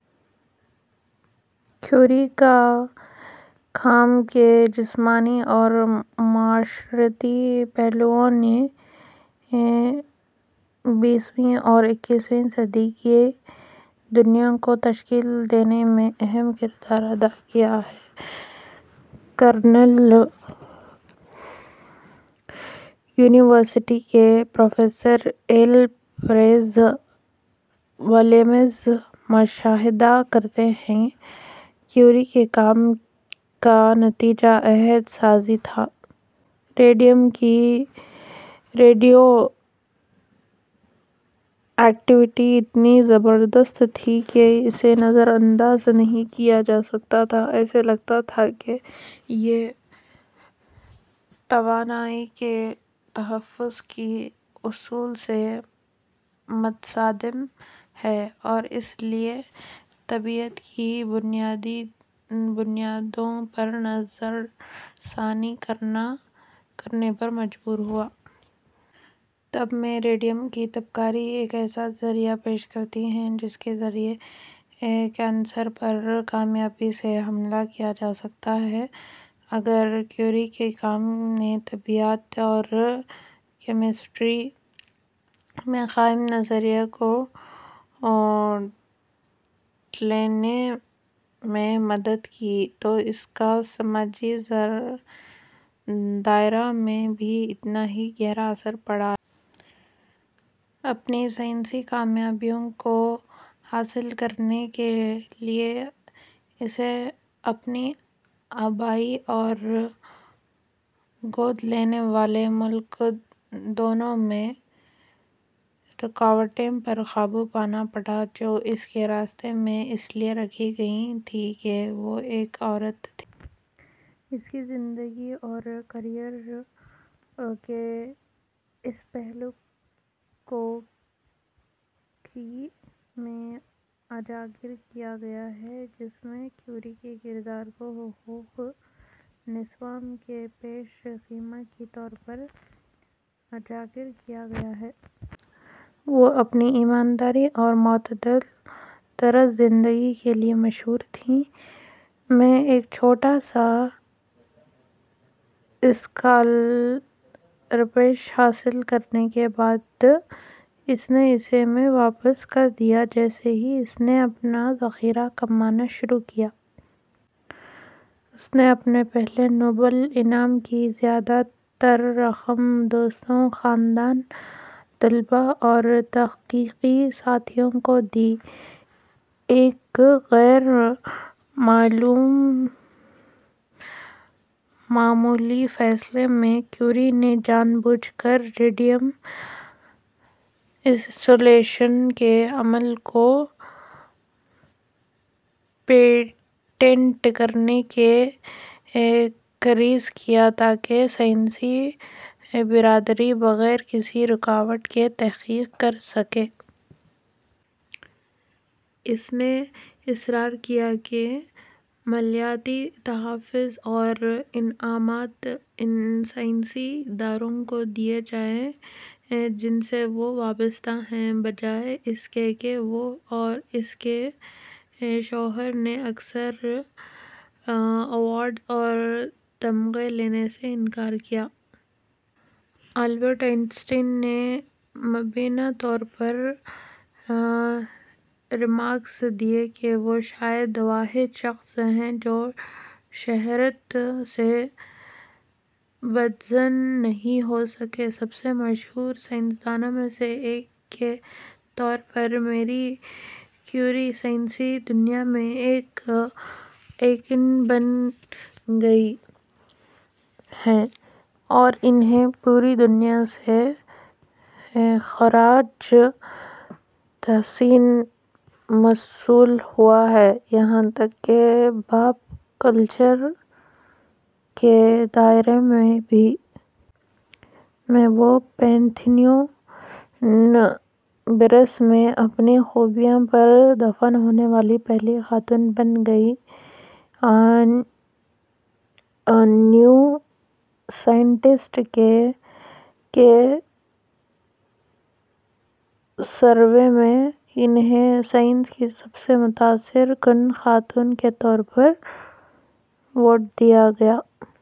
Curie کے کام کے جسمانی اور معاشرتی پہلوؤں نے بیسویں اور اکیسویں صدی کی دنیا کو تشکیل دینے میں اہم کردار ادا کیا۔ کارنیل یونیورسٹی کے پروفیسر ایل پیئرس ولیمز مشاہدہ کرتے ہیں: کیوری کے کام کا نتیجہ عہد سازی تھا۔ ریڈیم کی ریڈیو ایکٹیویٹی اتنی زبردست تھی کہ اسے نظر انداز نہیں کیا جا سکتا تھا۔ ایسا لگتا تھا کہ یہ توانائی کے تحفظ کے اصول سے متصادم ہے اور اس لیے طبیعیات کی بنیادوں پر نظر ثانی کرنے پر مجبور ہوا۔ طب میں، ریڈیم کی تابکاری ایک ایسا ذریعہ پیش کرتی ہے جس کے ذریعے کینسر پر کامیابی سے حملہ کیا جا سکتا ہے۔ اگر کیوری کے کام نے طبیعیات اور کیمسٹری میں قائم نظریات کو الٹنے میں مدد کی، تو اس کا سماجی دائرے میں بھی اتنا ہی گہرا اثر پڑا ہے۔ اپنی سائنسی کامیابیوں کو حاصل کرنے کے لیے، اسے اپنے آبائی اور گود لینے والے ملک دونوں میں رکاوٹوں پر قابو پانا پڑا، جو اس کے راستے میں اس لیے رکھی گئی تھیں کہ وہ ایک عورت تھی۔ اس کی زندگی اور کیریئر کے اس پہلو کو کی: میں اجاگر کیا گیا ہے، جس میں کیوری کے کردار کو حقوق نسواں کے پیش خیمہ کے طور پر اجاگر کیا گیا ہے۔ وہ اپنی ایمانداری اور معتدل طرز زندگی کے لیے مشہور تھیں۔ میں ایک چھوٹا سا اسکالرشپ حاصل کرنے کے بعد، اس نے اسے میں واپس کر دیا جیسے ہی اس نے اپنا ذخیرہ کمانا شروع کیا۔ اس نے اپنے پہلے نوبل انعام کی زیادہ تر رقم دوستوں، خاندان، طلبہ اور تحقیقی ساتھیوں کو دی۔ ایک غیر معمولی فیصلے میں، کیوری نے جان بوجھ کر ریڈیم آئسولیشن کے عمل کو پیٹنٹ کرنے سے گریز کیا تاکہ سائنسی برادری بغیر کسی رکاوٹ کے تحقیق کر سکے۔ اس نے اصرار کیا کہ مالیاتی تحائف اور انعامات ان سائنسی اداروں کو دیے جائیں جن سے وہ وابستہ ہیں بجائے اس کے کہ۔ وہ اور اس کے شوہر نے اکثر ایوارڈز اور تمغے لینے سے انکار کیا۔ البرٹ آئن سٹائن نے مبینہ طور پر ریمارکس دیے کہ وہ شاید واحد شخص ہیں جو شہرت سے بدظن نہیں ہو سکتے۔ سب سے مشہور سائنسدانوں میں سے ایک کے طور پر، میری کیوری سائنسی دنیا میں ایک آئیکن بن گئی ہیں اور انھیں پوری دنیا سے خراج تحسین موصول ہوا ہے، یہاں تک کہ پاپ کلچر کے دائرے میں بھی۔ میں، وہ پینتھیون، پیرس میں اپنی خوبیوں پر دفن ہونے والی پہلی خاتون بن گئیں۔ نیو سائنٹسٹ کے کے سروے میں، انھیں "سائنس کی سب سے متاثر کن خاتون" کے طور پر ووٹ دیا گیا۔